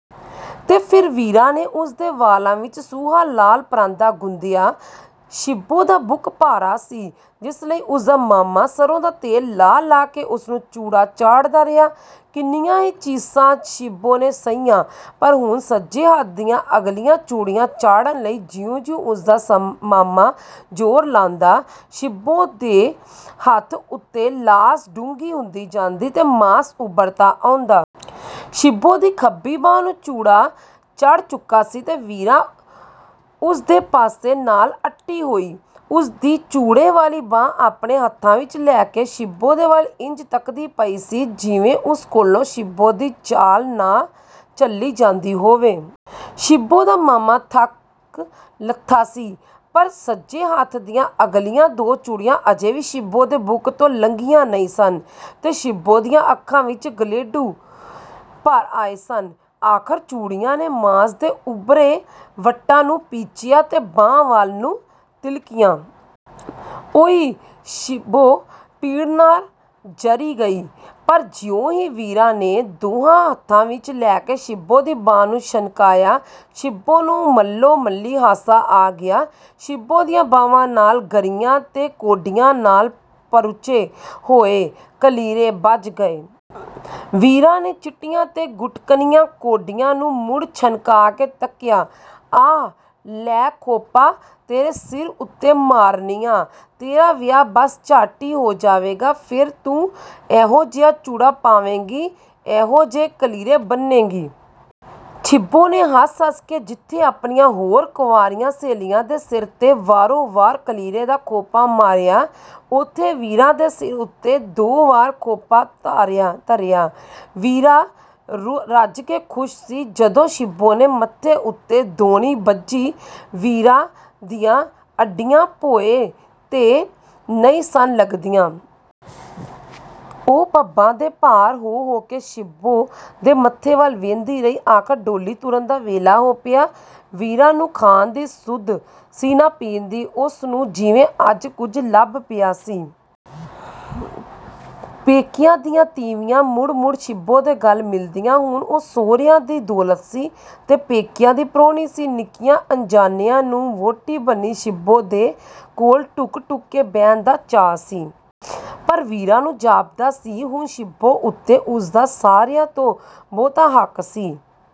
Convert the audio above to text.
ਤੇ ਫਿਰ ਵੀਰਾਂ ਨੇ ਉਸ ਦੇ ਵਾਲਾਂ ਵਿੱਚ ਸੂਹਾ ਲਾਲ ਪਰਾਂਦਾ ਗੁੰਦਿਆ। ਸ਼ਿੱਬੋ ਦਾ ਬੁੱਕ ਭਾਰਾ ਸੀ, ਜਿਸ ਲਈ ਉਸ ਦਾ ਮਾਮਾ ਸਰ੍ਹੋਂ ਦਾ ਤੇਲ ਲਾ-ਲਾ ਕੇ ਉਸ ਨੂੰ ਚੂੜਾ ਚਾੜ੍ਹਦਾ ਰਿਹਾ। ਕਿੰਨੀਆਂ ਹੀ ਚੀਸਾਂ ਸ਼ਿੱਬੋ ਨੇ ਸਹੀਆਂ, ਪਰ ਹੁਣ ਸੱਜੇ ਹੱਥ ਦੀਆਂ ਅਗਲੀਆਂ ਚੂੜੀਆਂ ਚਾੜ੍ਹਨ ਲਈ ਜਿਉਂ-ਜਿਉਂ ਉਸ ਦਾ ਮਾਮਾ ਜ਼ੋਰ ਲਾਂਦਾ, ਸ਼ਿੱਬੋ ਦੇ ਹੱਥ ਉੱਤੇ ਲਾਸ ਡੂੰਘੀ ਹੁੰਦੀ ਜਾਂਦੀ ਤੇ ਮਾਸ ਉੱਭਰਦਾ ਆਉਂਦਾ। ਸ਼ਿੱਬੋ ਦੀ ਖੱਬੀ ਬਾਂਹ ਨੂੰ ਚੂੜਾ ਚੜ੍ਹ ਚੁੱਕਾ ਸੀ ਤੇ ਵੀਰਾਂ ਉਸ ਦੇ ਪਾਸੇ ਨਾਲ ਅੱਟੀ ਹੋਈ, ਉਸ ਦੀ ਚੂੜੇ ਵਾਲੀ ਬਾਂਹ ਆਪਣੇ ਹੱਥਾਂ ਵਿੱਚ ਲੈ ਕੇ ਸ਼ਿੱਬੋ ਦੇ ਵੱਲ ਇੰਝ ਤੱਕਦੀ ਪਈ ਸੀ, ਜਿਵੇਂ ਉਸ ਕੋਲੋਂ ਸ਼ਿੱਬੋ ਦੀ ਝਾਲ ਨਾ ਝੱਲੀ ਜਾਂਦੀ ਹੋਵੇ। ਸ਼ਿੱਬੋ ਦਾ ਮਾਮਾ ਥੱਕ-ਲੱਥਾ ਸੀ, ਪਰ ਸੱਜੇ ਹੱਥ ਦੀਆਂ ਅਗਲੀਆਂ ਦੋ ਚੂੜੀਆਂ ਅਜੇ ਵੀ ਸ਼ਿੱਬੋ ਦੇ ਬੁੱਕ ਤੋਂ ਲੰਘੀਆਂ ਨਹੀਂ ਸਨ ਤੇ ਸ਼ਿੱਬੋ ਦੀਆਂ ਅੱਖਾਂ ਵਿੱਚ ਗਲੇਡੂ ਭਰ ਆਏ ਸਨ। ਆਖ਼ਰ ਚੂੜੀਆਂ ਨੇ ਮਾਸ ਦੇ ਉੱਭਰੇ ਵੱਟਾਂ ਨੂੰ ਪੀਚਿਆ ਤੇ ਬਾਂਹ ਵੱਲ ਨੂੰ ਤਿਲਕੀਆਂ। “ਉਈ...” ਸ਼ਿੱਬੋ ਕੋਲੋਂ ਪੀੜ ਨਾ ਜਰੀ ਗਈ, ਪਰ ਜਿਉਂ ਹੀ ਵੀਰਾਂ ਨੇ ਦੋਹਾਂ ਹੱਥਾਂ ਵਿੱਚ ਲੈ ਕੇ ਸ਼ਿੱਬੋ ਦੀ ਬਾਂਹ ਨੂੰ ਛਣਕਾਇਆ, ਸ਼ਿੱਬੋ ਨੂੰ ਮੱਲੋ-ਮੱਲੀ ਹਾਸਾ ਆ ਗਿਆ। ਸ਼ਿੱਬੋ ਦੀਆਂ ਬਾਂਹਵਾਂ ਨਾਲ ਗਰੀਆਂ ਤੇ ਕੌਡੀਆਂ ਨਾਲ ਪਰੁਚੇ ਹੋਏ ਕਲੀਰੇ ਬੱਝ ਗਏ। ਵੀਰਾਂ ਨੇ ਚਿੱਟੀਆਂ ਤੇ ਗੁੱਟਕਣੀਆਂ ਕੌਡੀਆਂ ਨੂੰ ਮੁੜ ਛਣਕਾ ਕੇ ਤੱਕਿਆ। “ਆਹ ਲੈ ਖੋਪਾ ਤੇਰੇ ਸਿਰ ਉੱਤੇ ਮਾਰਨੀ ਆਂ। ਤੇਰਾ ਵਿਆਹ ਬੱਸ ਝੱਟ ਹੀ ਹੋ ਜਾਵੇਗਾ। ਫਿਰ ਤੂੰ ਇਹੋ-ਜਿਹਾ ਚੂੜਾ ਪਾਵੇਂਗੀ, ਇਹੋ ਜਿਹੇ ਕਲੀਰੇ ਬੰਨ੍ਹੇਂਗੀ।” ਸ਼ਿੱਬੋ ਨੇ ਹੱਸ-ਹੱਸ ਕੇ ਜਿੱਥੇ ਆਪਣੀਆਂ ਹੋਰ ਕੰਵਾਰੀਆਂ ਸਹੇਲੀਆਂ ਦੇ ਸਿਰ 'ਤੇ ਵਾਰੋ-ਵਾਰ ਕਲੀਰੇ ਦਾ ਖੋਪਾ ਮਾਰਿਆ, ਉੱਥੇ ਵੀਰਾਂ ਦੇ ਸਿਰ ਉੱਤੇ ਦੋ ਵਾਰ ਖੋਪਾ ਧਰਿਆ। ਵੀਰਾਂ ਰੱਜ ਕੇ ਖੁਸ਼ ਸੀ। ਜਦੋਂ ਸ਼ਿੱਬੋ ਨੇ ਮੱਥੇ ਉੱਤੇ ਦੌਣੀ ਬੱਝੀ, ਵੀਰਾਂ ਦੀਆਂ ਅੱਡੀਆਂ ਭੋਏਂ 'ਤੇ ਨਹੀਂ ਸਨ ਲੱਗਦੀਆਂ। ਉਹ ਪੱਬਾਂ ਦੇ ਭਾਰ ਹੋ-ਹੋ ਕੇ ਸ਼ਿੱਬੋ ਦੇ ਮੱਥੇ ਵੱਲ ਵੇਂਹਦੀ ਰਹੀ। ਆਖ਼ਰ ਡੋਲੀ ਤੁਰਨ ਦਾ ਵੇਲਾ ਹੋ ਪਿਆ। ਵੀਰਾਂ ਨੂੰ ਖਾਣ ਦੀ ਸੁੱਧ ਸੀ ਨਾ ਪੀਣ ਦੀ। ਉਸ ਨੂੰ ਜਿਵੇਂ ਅੱਜ ਕੁਝ ਲੱਭ ਪਿਆ ਸੀ। ਪੇਕਿਆਂ ਦੀਆਂ ਤੀਵੀਆਂ ਮੁੜ-ਮੁੜ ਸ਼ਿੱਬੋ ਦੇ ਗਲ ਮਿਲਦੀਆਂ। ਹੁਣ ਉਹ ਸਹੁਰਿਆਂ ਦੀ ਦੌਲਤ ਸੀ ਤੇ ਪੇਕਿਆਂ ਦੀ ਪ੍ਰਾਹੁਣੀ ਸੀ। ਨਿੱਕਿਆਂ ਅੰਜਾਣਿਆਂ ਨੂੰ ਵਹੁਟੀ ਬਣੀ ਸ਼ਿੱਬੋ ਦੇ ਕੋਲ ਢੁਕ-ਢੁਕ ਕੇ ਬਹਿਣ ਦਾ ਚਾਅ ਸੀ। ਪਰ ਵੀਰਾਂ ਨੂੰ ਜਾਪਦਾ ਸੀ, ਹੁਣ ਸ਼ਿੱਬੋ ਉੱਤੇ ਉਸ ਦਾ ਸਾਰਿਆਂ ਤੋਂ ਬਹੁਤਾ ਹੱਕ ਸੀ।